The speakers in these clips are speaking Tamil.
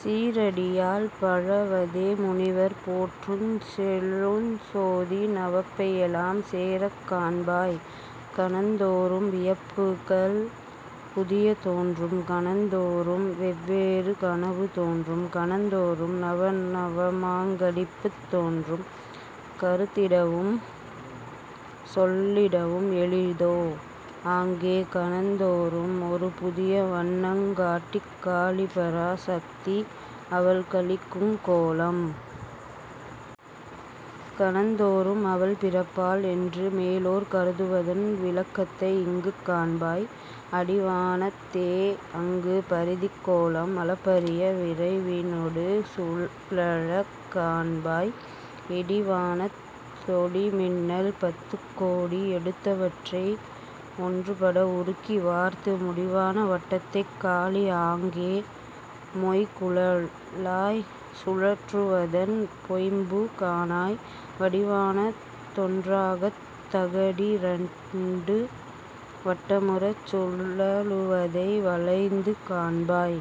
சீரடியால் பழவதே முனிவர் போற்றுஞ் செழுஞ்சோதி நவப்பையெலாம் சேரக் காண்பாய். 'கணந்தோறும் வியப்புக்கள் புதிய தோன்றும்; கணந்தோறும் வெவ்வேறு கனவு தோன்றும்; கணந்தோறும் நவநவமாங் களிப்புத் தோன்றும்; கருதிடவும் சொல்லிடவும் எளிதோ? ஆங்கே, கணந்தோறும் ஒருபுதிய வண்ணங் காட்டிக் காளிபரா சக்தி அவள் களிக்குங் கோலம்। கணந்தோறும் அவள் பிறப்பாள் என்று மேலோர் கருதுவதன் விளக்கத்தை இங்குக் காண்பாய். 'அடிவானத் தேஅங்கு பரிதிக் கோளம் அளப்பரிய விரைவினொடு சுழலக் காண்பாய் இடிவானத் தொளிமின்னல் பத்துக் கோடி எடுத்தவற்றை ஒன்றுபட உருக்கி வார்த்து, முடிவான வட்டத்தைக் காளி ஆங்கே மொய்குழலாய், சுழற்றுவதன் மொய்ம்பு காணாய்! வடிவான தொன்றாகத் தகடி ரண்டு வட்டமுறச் சுழலுவதை வளைந்து காண்பாய்.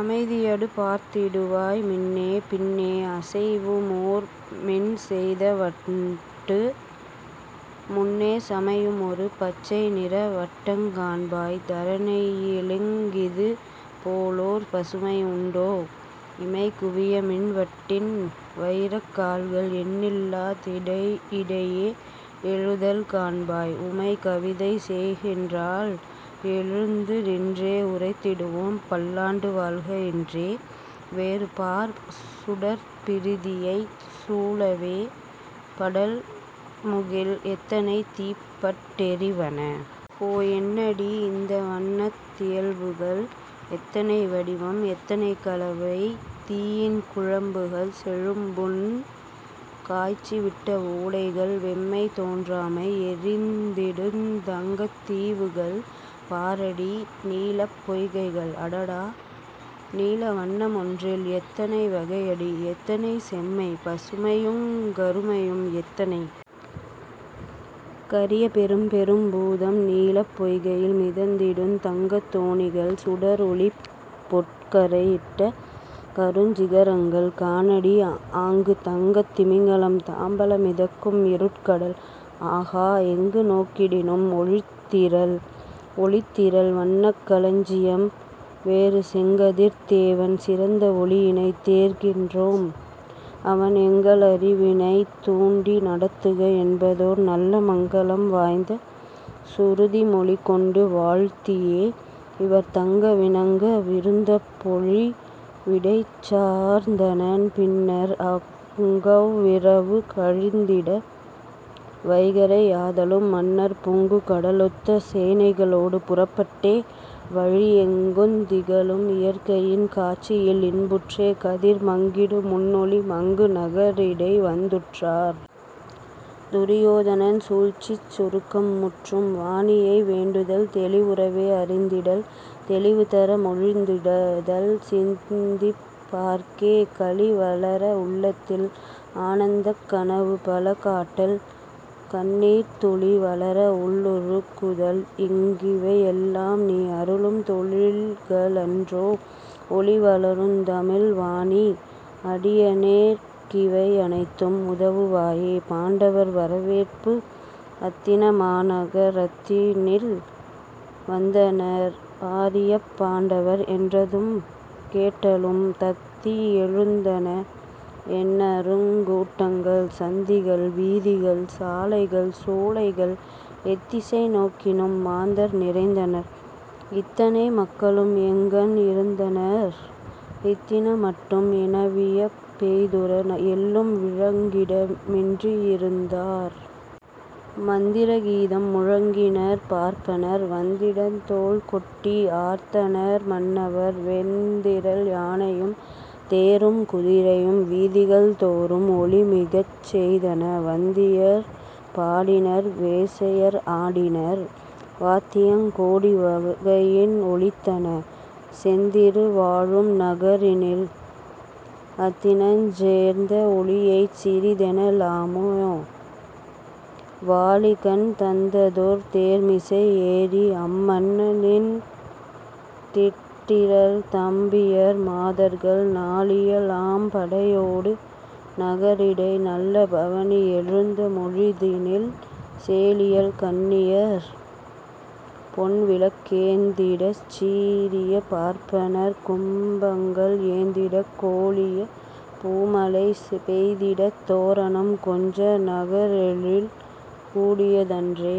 அமைதியடு பார்த்திடுவாய் மின்னே! பின்னே அசைவுறுமோர் மின்செய்த வட்டு; முன்னே சமையுமொரு பச்சைநிற வட்டங் காண்பாய். தரணியிலிங் கிதுபோலோர் பசுமை உண்டோ? இமைகுவிய மின்வட்டின் வயிரக் கால்கள் எண்ணில்லா திடையிடையே எழுதல் காண்பாய்; உமை கவிதை செய்கின்றாள், எழுந்து நின்றே உரைத்திடுவோம்,''பல்லாண்டு வாழ்க! ''என்றே. வேறு 'பார்; சுடர்ப்பிரிதியைச் சூழவே படர்முகில் எத்தனை தீப்பட் டெரிவன? ஓகோ! என்னடி! இந்த வன்னத் தியல்புகள்! எத்தனை வடிவம்! எத்தனை கலவை! தீயின் குழம்புகள்! -செழும்பொன் காய்ச்சி விட்ட ஓடைகள்! -வெம்மை தோன்றாமே எரிந்திடுந் தங்கத் தீவுகள்! -பாரடி! நீலப் பொய்கைகள்! -அடடா, நீல வன்ன மொன்றில் எத்தனை வகையடி! எத்தனை செம்மை! பசுமையுங் கருமையும், எத்தனை! -கரிய பெரும்பெரும் பூதம்! நீலப் பொய்கையின் மிதந்திடுந் தங்கத் தோணிகள் சுடரொளிப் பொற்கரை யிட்ட கருஞ்சிக ரங்கள்! -காணடி, ஆங்கு தங்கத் திமிங்கிலம் தாம்பல மிதக்கும் இருட்கடல்! -ஆஹா! எங்கு நோக்கிடினும் ஒளித்திரள்! ஒளித்திரள்! வன்னக் களஞ்சியம்! ' வேறு 'செங்கதிர்த்தேவன் சிறந்த ஒளியினைத் தேர்கின்றோம்-அவன் எங்களறிவினைத் தூண்டி நடத்துக'என்பதோர் நல்ல மங்களம் வாய்ந்த சுருதி மொழிகொண்டு வாழ்த்தியே-இவர் தங்க வினங்க விருந்த பொழி விடைச்சார்ந் தனர்-பின்னர் அங்கவ் விரவு கழிந்திட, வைகறை யாதலும்-மன்னர் பொங்குகடலொத்த சேனைகளோடு புறப்பட்டே,-வழி எங்குந் திகழும் இயற்கையின் காட்சியில் இன்புற்றே,-கதிர் மங்கிடு முன்னொளி மங்கு நகரிடை வந்துற்றார். துரியோதனன் சூழ்ச்சிச் சுருக்கம் முற்றும். வாணியை வேண்டுதல் தெளிவுறவே அறிந்திடல்; தெளிவுதர மொழிந்திடுதல்; சிந்திப் பார்க்கே களிவளர உள்ளத்தில் ஆனந்தக் கனவுபல காட்டல், கண்ணீர்த் துளி வளரஉள் ளுருக்குதல், இங் கிவையெல்லாம் நீஅருளும் தொழில்க ளன்றோ? ஒளிவளருந் தமிழ் வாணீ! அடியனேற் கிவையனைத்தும் உதவு வாயே!. பாண்டவர் வரவேற்பு அத்தின மாநக ரத்தினில் வந்தனர் ஆரியப் பாண்டவர் என்றது கேட்டலும், தத்தி எழுந்தன எண்ணருங் கூட்டங்கள், சந்திகள், வீதிகள், சாலைகள், சோலைகள்; எத்திசை நோக்கினும் மாந்தர் நிறைந்தனர்; இத்தனை மக்களும் எங்கண் இருந்தனர் இத்தின மட்டும் எனவியப் பெய்துற எள்ளும் விழற்கிட மின்றி யிருந்தார். மந்திர கீதம் முழக்கினர் பார்ப்பனர்; வந்தடந் தோள்கொட்டி ஆர்த்தனர் மன்னவர்; வெந்திறல் யானையும் தேரும் குதிரையும் வீதிகள் தோறும் ஒலிமிகச் செய்தன; வந்தியர் பாடினர், வேசையர் ஆடினர்; வாத்தியங் கோடி வகையின் ஒலித்தன; செந்திரு வாழும் நகரினில் அத்தினஞ் சேர்ந்த ஒலியைச் சிறிதென லாமொ! வாலிகன் தந்ததொர் தேர்மிசை ஏறி, அம் மன்னன் யிதிட்டிரன் தம்பியர் மாதர்கள் நாலிய லாம்படை யோடு நகரிடை நல்ல பவனி எழுந்த பொழுதினில் சேலியல் கண்ணியர் பொன்விளக் கேந்திடச் சீரிய பார்ப்பனர் கும்பங்கள் ஏந்திடக் கோலிய பூமழை பெய்திடத் தோரணம் கொஞ்ச, நகரெழில் கூடிய தன்றே.